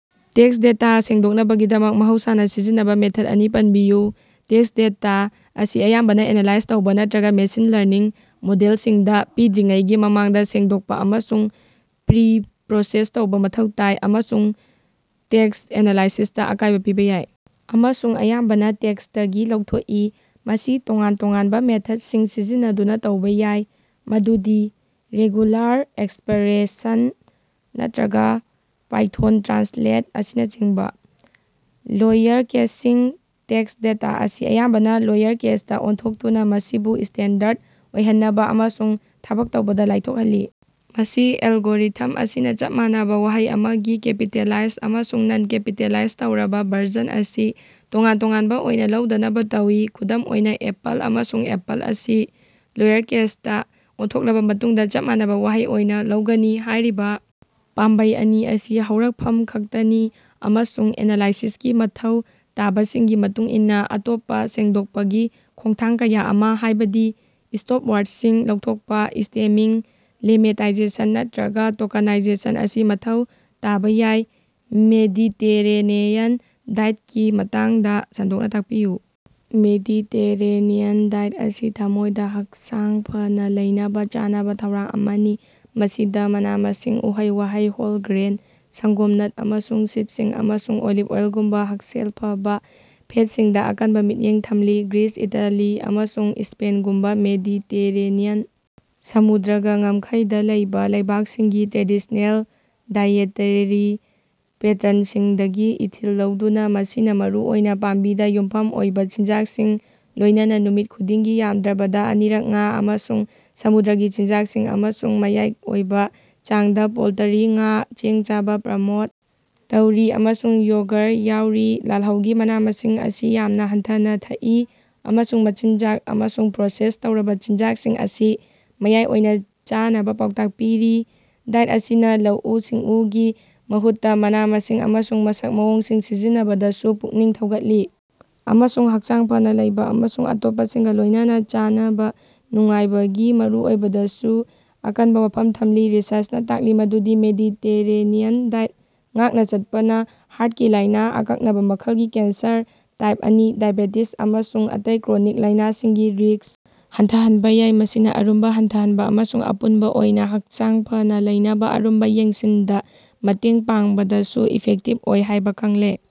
Tax data ꯁꯦꯡꯗꯣꯛꯅꯕꯒꯤꯗꯃꯛ ꯃꯍꯧꯁꯥꯅ ꯁꯤꯖꯤꯟꯅꯕ ꯃꯦꯊꯗ ꯑꯅꯤ ꯄꯟꯕꯤꯌꯨ꯫ ꯇꯦꯛꯁ ꯗꯦꯇꯥ ꯑꯁꯤ ꯑꯌꯥꯝꯕꯅ ꯑꯦꯅꯥꯂꯥꯏꯖ ꯇꯧꯕ ꯅꯠꯇꯔꯒꯥ ꯃꯦꯁꯤꯟ ꯂꯔꯅꯤꯡ ꯃꯣꯗꯦꯜꯁꯤꯡꯗ ꯄꯤꯗ꯭ꯔꯤꯉꯩꯒꯤ ꯃꯃꯥꯡꯗ ꯁꯦꯡꯗꯣꯛꯄ ꯑꯃꯁꯨꯡ ꯄ꯭ꯔꯤꯄꯔꯣꯁꯦꯁ ꯇꯧꯕ ꯃꯊꯧ ꯇꯥꯏ꯫ ꯑꯃꯁꯨꯡ ꯅ ꯇꯦꯛꯁ ꯑꯦꯅꯥꯂꯥꯏꯁꯤꯁꯇꯥ ꯑꯀꯥꯏꯕ ꯄꯤꯕ ꯌꯥꯏ ꯑꯃꯁꯨꯡ ꯑꯌꯥꯝꯕꯅ ꯇꯦꯛꯁꯇꯒꯤ ꯂꯧꯊꯣꯛꯏ꯫ ꯃꯁꯤ ꯇꯣꯉꯥꯟ ꯇꯣꯉꯥꯟꯕ ꯃꯦꯊꯗꯁꯤꯡ ꯁꯤꯖꯤꯟꯅꯗꯨꯅ ꯇꯧꯕ ꯌꯥꯏ, ꯃꯗꯨꯗꯤ ꯔꯦꯒꯨꯂꯥꯔ ꯑꯦꯛꯁꯄꯔꯦꯁꯟ ꯅꯠꯇꯔꯒꯥ ꯄꯥꯏꯊꯣꯟꯗ ꯇ꯭ꯔꯥꯟꯁꯂꯦꯠ ꯑꯁꯤꯅꯆꯤꯡꯕ꯫ ꯂꯣꯌꯔꯀꯦꯁꯤꯡ ꯇꯦꯛꯁ ꯗꯦꯇꯥ ꯑꯁꯤ ꯑꯌꯥꯝꯕꯅ ꯂꯣꯌꯔ ꯀꯦꯁꯇ ꯑꯣꯟꯊꯣꯛꯇꯨꯅ ꯃꯁꯤꯕꯨ ꯁ꯭ꯇꯦꯟꯗꯔꯗ ꯑꯣꯏꯍꯟꯅꯕ ꯑꯃꯁꯨꯡ ꯊꯕꯛ ꯇꯧꯕꯗ ꯂꯥꯏꯊꯣꯛꯍꯜꯂꯤ꯫ ꯃꯁꯤ ꯑꯦꯜꯒꯣꯔꯤꯊꯝ ꯑꯁꯤꯅ ꯆꯞ ꯃꯥꯟꯅꯕ ꯋꯥꯍꯩ ꯑꯃꯒꯤ ꯀꯦꯄꯤꯇꯦꯂꯥꯏꯖ ꯑꯃꯁꯨꯡ ꯅꯟ-ꯀꯦꯄꯤꯇꯦꯂꯥꯏꯖ ꯇꯧꯔꯕ ꯚꯔꯖꯟ ꯑꯁꯤ ꯇꯣꯉꯥꯟ ꯇꯣꯉꯥꯟꯕ ꯑꯣꯏꯅ ꯂꯧꯗꯅꯕ ꯇꯧꯏ, ꯈꯨꯗꯝ ꯑꯣꯏꯅ, 'ꯑꯦꯄꯜ' ꯑꯃꯁꯨꯡ 'ꯑꯦꯄꯜ' ꯑꯁꯤ ꯂꯣꯌꯔꯀꯦꯁꯇꯥ ꯑꯣꯟꯊꯣꯛꯂꯕ ꯃꯇꯨꯡꯗ ꯆꯞ ꯃꯥꯟꯅꯕ ꯋꯥꯍꯩ ꯑꯣꯏꯅ ꯂꯧꯒꯅꯤ꯫ ꯍꯥꯏꯔꯤꯕ ꯄꯥꯝꯕꯩ ꯑꯅꯤ ꯑꯁꯤ ꯍꯧꯔꯛꯐꯝ ꯈꯛꯇꯅꯤ ꯑꯃꯁꯨꯡ ꯑꯦꯅꯥꯂꯥꯏꯁꯤꯁꯀꯤ ꯃꯊꯧ ꯇꯥꯕꯁꯤꯡꯒꯤ ꯃꯇꯨꯡ ꯏꯟꯅ, ꯑꯇꯣꯞꯄ ꯁꯦꯡꯗꯣꯛꯄꯒꯤ ꯈꯣꯡꯊꯥꯡ ꯀꯌꯥ ꯑꯃ, ꯍꯥꯏꯕꯗꯤ ꯏꯁ꯭ꯇꯣꯞ ꯋꯥꯔꯗꯁꯤꯡ ꯂꯧꯊꯣꯛꯄ, ꯁ꯭ꯇꯦꯃꯤꯡ, ꯂꯦꯝꯃꯦꯇꯥꯏꯖꯦꯁꯟ, ꯅꯠꯇꯔꯒꯥ ꯇꯣꯀꯟꯅꯥꯏꯖꯦꯁꯟ ꯑꯁꯤ ꯃꯊꯧ ꯇꯥꯕ ꯌꯥꯏ꯫ ꯃꯦꯗꯤꯇꯦꯔꯦꯅꯤꯌꯟ ꯗꯥꯏꯇꯀꯤ ꯃꯇꯥꯡꯗ ꯁꯟꯗꯣꯛꯅ ꯇꯥꯛꯄꯤꯌꯨ꯫ ꯃꯦꯗꯤꯇꯦꯔꯦꯅꯤꯌꯟ ꯗꯥꯏꯠ ꯑꯁꯤ ꯊꯝꯃꯣꯏꯗ ꯍꯛꯆꯥꯡ ꯐꯅ ꯂꯩꯅꯕ ꯆꯥꯅꯕ ꯊꯧꯔꯥꯡ ꯑꯃꯅꯤ, ꯃꯁꯤꯗ ꯃꯅꯥ-ꯃꯁꯤꯡ, ꯎꯍꯩ-ꯋꯥꯍꯩ, ꯍꯣꯜ ꯒ꯭ꯔꯦꯟ, ꯁꯪꯒꯣꯝ, ꯅꯠ ꯑꯃꯁꯨꯡ ꯁꯤꯗꯁꯤꯡ, ꯑꯃꯁꯨꯡ ꯑꯣꯂꯤꯚ ꯑꯣꯏꯜꯒꯨꯝꯕ ꯍꯛꯁꯦꯜ ꯐꯕ ꯐꯦꯠꯁꯤꯡꯗ ꯑꯀꯟꯕ ꯃꯤꯠꯌꯦꯡ ꯊꯝꯂꯤ꯫ ꯒ꯭ꯔꯤꯁ, ꯏꯇꯥꯂꯤ, ꯑꯃꯁꯨꯡ ꯏꯁ꯭ꯄꯦꯒꯨꯝꯕꯥ ꯃꯦꯗꯤꯇꯦꯔꯦꯅꯤꯌꯟ ꯁꯃꯨꯗ꯭ꯔꯒꯥ ꯉꯝꯈꯩꯗ ꯂꯩꯕ ꯂꯩꯕꯥꯛꯁꯤꯡꯒꯤ ꯇ꯭ꯔꯦꯗꯤꯁ꯭ꯅꯦꯜ ꯗꯥꯏꯑꯦꯇꯦꯔꯤ ꯄꯦꯇꯔꯟꯁꯤꯡꯗꯒꯤ ꯏꯊꯤꯜ ꯂꯧꯗꯨꯅ ꯃꯁꯤꯅ ꯃꯔꯨꯑꯣꯏꯅ ꯄꯥꯝꯕꯤꯗ ꯌꯨꯝꯐꯝ ꯑꯣꯏꯕ ꯆꯤꯟꯖꯥꯛꯁꯤꯡ, ꯂꯣꯏꯅꯅ ꯅꯨꯃꯤꯠ ꯈꯨꯗꯤꯡꯒꯤ ꯌꯥꯝꯗ꯭ꯔꯕꯗ ꯑꯅꯤꯔꯛ ꯉꯥ ꯑꯃꯁꯨꯡ ꯁꯃꯨꯗ꯭ꯔꯒꯤ ꯆꯤꯟꯖꯥꯛꯁꯤꯡ, ꯑꯃꯁꯨꯡ ꯃꯌꯥꯏ ꯑꯣꯏꯕ ꯆꯥꯡꯗ ꯄꯣꯜꯇꯔꯤ, ꯉꯥ, ꯆꯦꯡ ꯆꯥꯕ ꯄ꯭ꯔꯃꯣꯠ ꯇꯧꯔꯤ꯫ ꯑꯃꯁꯨꯡ ꯌꯣꯒꯔ ꯌꯥꯑꯣꯔꯤ꯫ ꯂꯥꯜꯍꯧꯒꯤ ꯃꯅꯥ-ꯃꯁꯤꯡ ꯑꯁꯤ ꯌꯥꯝꯅ ꯍꯟꯊꯅ ꯊꯛꯏ, ꯑꯃꯁꯨꯡ ꯃꯆꯤꯟꯖꯥꯛ ꯑꯃꯁꯨꯡ ꯄ꯭ꯔꯣꯁꯦꯁ ꯇꯧꯔꯕ ꯆꯤꯟꯖꯥꯛꯁꯤꯡ ꯑꯁꯤ ꯃꯌꯥꯏ ꯑꯣꯏꯅ ꯆꯥꯅꯕ ꯄꯥꯎꯇꯥꯛ ꯄꯤꯔꯤ꯫ ꯗꯥꯏꯠ ꯑꯁꯤꯅ ꯂꯧꯎ-ꯁꯤꯡꯎꯒꯤ ꯃꯍꯨꯠꯇ ꯃꯅꯥ-ꯃꯁꯤꯡ ꯑꯃꯁꯨꯡ ꯃꯁꯛ ꯃꯑꯣꯡꯁꯤꯡ ꯁꯤꯖꯤꯟꯅꯕꯗꯁꯨ ꯄꯨꯛꯅꯤꯡ ꯊꯧꯒꯠꯂꯤ, ꯑꯃꯁꯨꯡ ꯍꯛꯆꯥꯡ ꯐꯅ ꯂꯩꯕ ꯑꯃꯁꯨꯡ ꯑꯇꯣꯞꯄꯁꯤꯡꯒꯥ ꯂꯣꯏꯅꯅ ꯆꯥꯅꯕ ꯅꯨꯡꯉꯥꯏꯕꯒꯤ ꯃꯔꯨꯑꯣꯏꯕꯗꯁꯨ ꯑꯀꯟꯕ ꯋꯥꯐꯝ ꯊꯝꯂꯤ꯫ ꯔꯤꯁꯔꯆꯅ ꯇꯥꯛꯂꯤ ꯃꯗꯨꯗꯤ ꯃꯦꯗꯤꯇꯦꯔꯦꯅꯤꯌꯟ ꯗꯥꯏꯠ ꯉꯥꯛꯅ ꯆꯠꯄꯅ ꯍꯥꯔꯇꯀꯤ ꯂꯥꯏꯅ, ꯑꯀꯛꯅꯕ ꯃꯈꯜꯒꯤ ꯀꯦꯟꯁꯔ, ꯇꯥꯏꯞ ꯑꯅꯤ ꯗꯥꯏꯕꯦꯇꯤꯁ ꯑꯃꯁꯨꯡ ꯑꯇꯩ ꯀ꯭ꯔꯣꯅꯤꯛ ꯂꯥꯏꯅꯁꯤꯡꯒꯤ ꯔꯤꯛꯁ ꯍꯟꯊꯍꯟꯕ ꯌꯥꯏ꯫ ꯃꯁꯤꯅ ꯑꯔꯨꯝꯕ ꯍꯟꯊꯍꯟꯕ ꯑꯃꯁꯨꯡ ꯑꯄꯨꯟꯕ ꯑꯣꯏꯅ ꯍꯛꯆꯥꯡ ꯐꯅꯥ ꯂꯩꯅꯕ ꯑꯔꯨꯝꯕ ꯌꯦꯡꯁꯤꯟꯗ ꯃꯇꯦꯡ ꯄꯥꯡꯕꯗꯁꯨ ꯏꯐꯦꯛꯇꯤꯕ ꯑꯣꯏ ꯍꯥꯏꯕ ꯈꯪꯂꯦ꯫